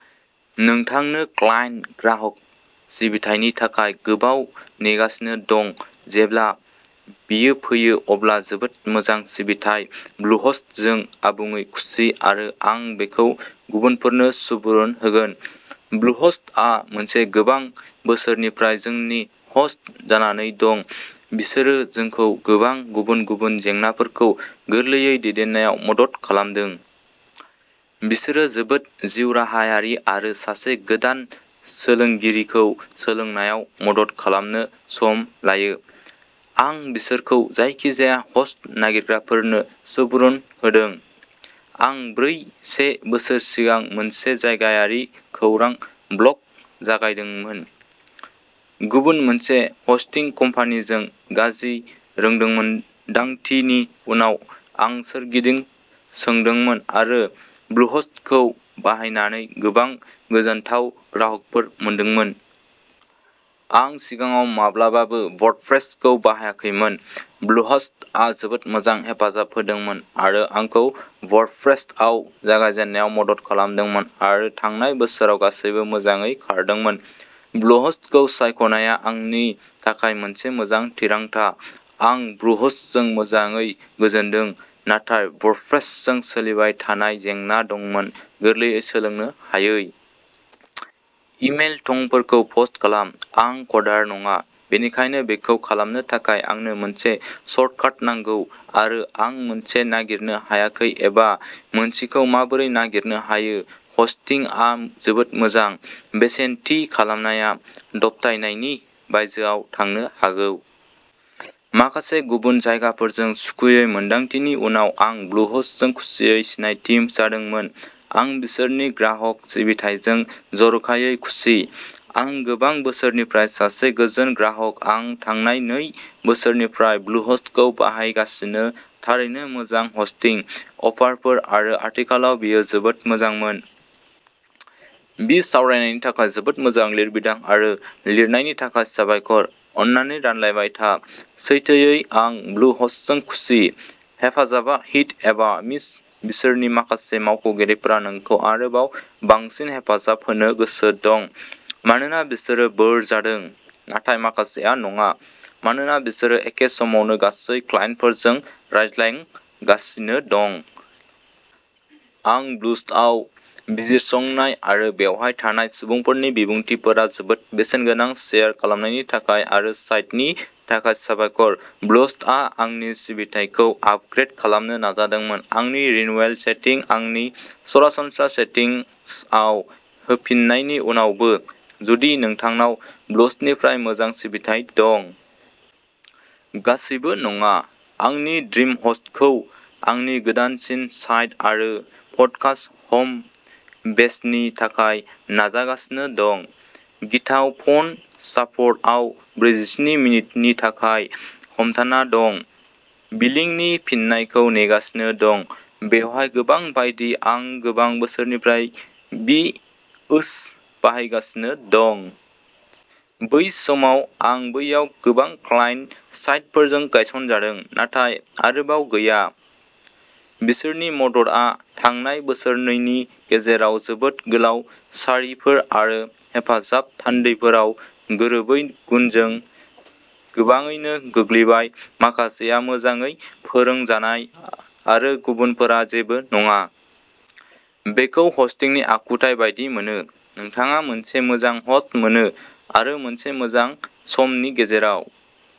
नोंथांनो क्लायन्ट ग्राहक सिबिथायनि थाखाय गोबाव नेगासिनो दं। जेब्ला बेयो फैयो अब्ला जोबोद मोजां सिबिथाइ ब्लुहस्टजों आबुङै खुसि आरो आं बेखौ गुबुनफोरनो सुबुरुन होगोन। ब्लुहस्टआ गोबां बोसोरनिफ्राय जोंनि हस्ट जानानै दं। बिसोरो जोंखौ गोबां गुबुन गुबुन जेंनाफोरखौ गोरलैयै दैदेननायाव मदद खालामदों। बिसोरो जोबोद जिउराहायारि आरो सासे गोदान सोलोंगिरिखौ सोलोंनायाव मदद खालामनो सम लायो। आं बिसोरखौ जायखिजाया हस्ट नागिरग्राफोरनो सुबुरुन होदों। आं ब्रै से बोसोर सिगां मोनसे जायगायारि खौरां ब्लग जागायदोंमोन। गुबुन मोनसे हस्टिं कम्पानिजों गाज्रि रोंमोनदांथिनि उनाव आं सोरगिदिं सोंदोंमोन आरो ब्लुहस्टखौ बाहायनानै गोबां गोजोनथाव ग्राहकफोर मोनदोंमोन। आं सिगाङाव माब्लाबाबो वर्डप्रेसखौ बाहायाखैमोन। ब्लुहस्टआ जोबोद मोजां हेफाजाब होदोंमोन आरो आंखौ वर्डप्रेसआव जागायजेननायाव मदद खालामदोंमोन आरो थांनाय बोसोराव गासैबो मोजाङै खारदोंमोन। ब्लुहस्टखौ सायख'नाया आंनि थाखाय मोनसे मोजां थिरांथा। आं ब्लुहस्टजों मोजाङै गोजोनदों नाथाय वर्डप्रेसजों सोलिबाय थानाय जेंना दंमोन गोरलैयै सोलोंनो हायै। इमेल थंफोरखौ पस्ट खालाम। आं कडार नङा बेनिखायनो बेखौ खालामनो थाखाय आंनो मोनसे सर्टकाट नांगौ आरो आं मोनसे नागिरनो हायाखै एबा मोनसेखौ माबोरै नागिरनो हायो हस्टिंआ जोबोद मोजां। बेसेन थि खालामनाया दबथायनायनि बायजोआव थांनो हागौ। माखासे गुबुन जगायग्राफोरजों सुखुयै मोन्दांथिनि उनाव आं ब्लुहस्टजों खुसियै सिनायथि जादोंमोन। आं बिसोरनि ग्राहक सिबिथाइजों जर'खायै खुसि। आं गोबां बोसोरनिफ्राय सासे गोजोन ग्राहक आं थांनाय नै बोसोरनिफ्राय ब्लुहस्टखौ बाहायगासिनो थारैनो मोजां हस्टिं अफारफोर आरो आथिखालाव बेयो जोबोद मोजांमोन। बिसावरायनायनि थाखाय जोबोद मोजां लिरबिदां आरो लिरनायनि थाखाय साबायखर। अन्नानै रानलायबाय था। सैथोयै आं ब्लु हस्टजोंबो खुसि। हेफाजाबआ हिट एबा मिस बिसोरनि माखासे मावख'गिरिफोरा नोंखौ आरोबाव बांसिन हेफाजाब होनो गोसो दं मानोना बिसोरो बोर जादों नाथाय माखासेआ नङा मानोना बिसोरो एखे समावनो गासै क्लाइन्टफोरजों रायज्लांगासिनो दं। आं ब्लुहस्टआव बिजिरसंनाय आरो बेवहाय थानाय सुबुंफोरनि बिबुंथिफोरा जोबोद बेसेनगोनां शेयार खालामनायनि थाखाय आरो साइटनि थाखाय साबायखर! ब्लुहस्टआ आंनि सिबिथायखौ आपग्रेद खालामनो नाजादोंमोन आंनि रिन्युएल सेटिंखौ आंनि सरासनस्रा सेटिंसआव होफिननायनि उनावबो। जुदि नोंथांनाव ब्लुहस्टनिफ्राय मोजां सिबिथाइ दं। गासैबो नङा। आं ड्रिमहस्टखौ आंनि गोदानसिन साइट आरो पडकास्ट हम बेसनि थाखाय नाजागासिनो दं। गिथाव फन सापर्ट आं ब्रैजिस्नि मिनिटनि थाखाय हमथाना दं बिलिंनि फिननायखौ नेगासिनो दं। बेवहाय गोबां बायदि आं गोबां बोसोरनिफ्राय बि ओस बाहायगासिनो दं। बै समाव आं बैयाव गोबां क्लाइन्ट साइटफोर गायस'नदों। नाथाय आरोबाव गैया। बिसोरनि मददआ थांनाय बोसोरनैनि गेजेराव जोबोद गोलाव सारिफोर आरो हेफाजाब थान्दैफोराव गोरोबै गुनजों गोबाङैनो गोग्लैबाय माखासेआ मोजाङै फोरोंजानाय आरो गुबुनफोरा जेबो नङा। बेखौ हस्टिंनि आखुथाय बायदि मोनो। नोंथाङा मोनसे मोजां हस्ट मोनो आरो मोनसे मोजां समनि गेजेराव।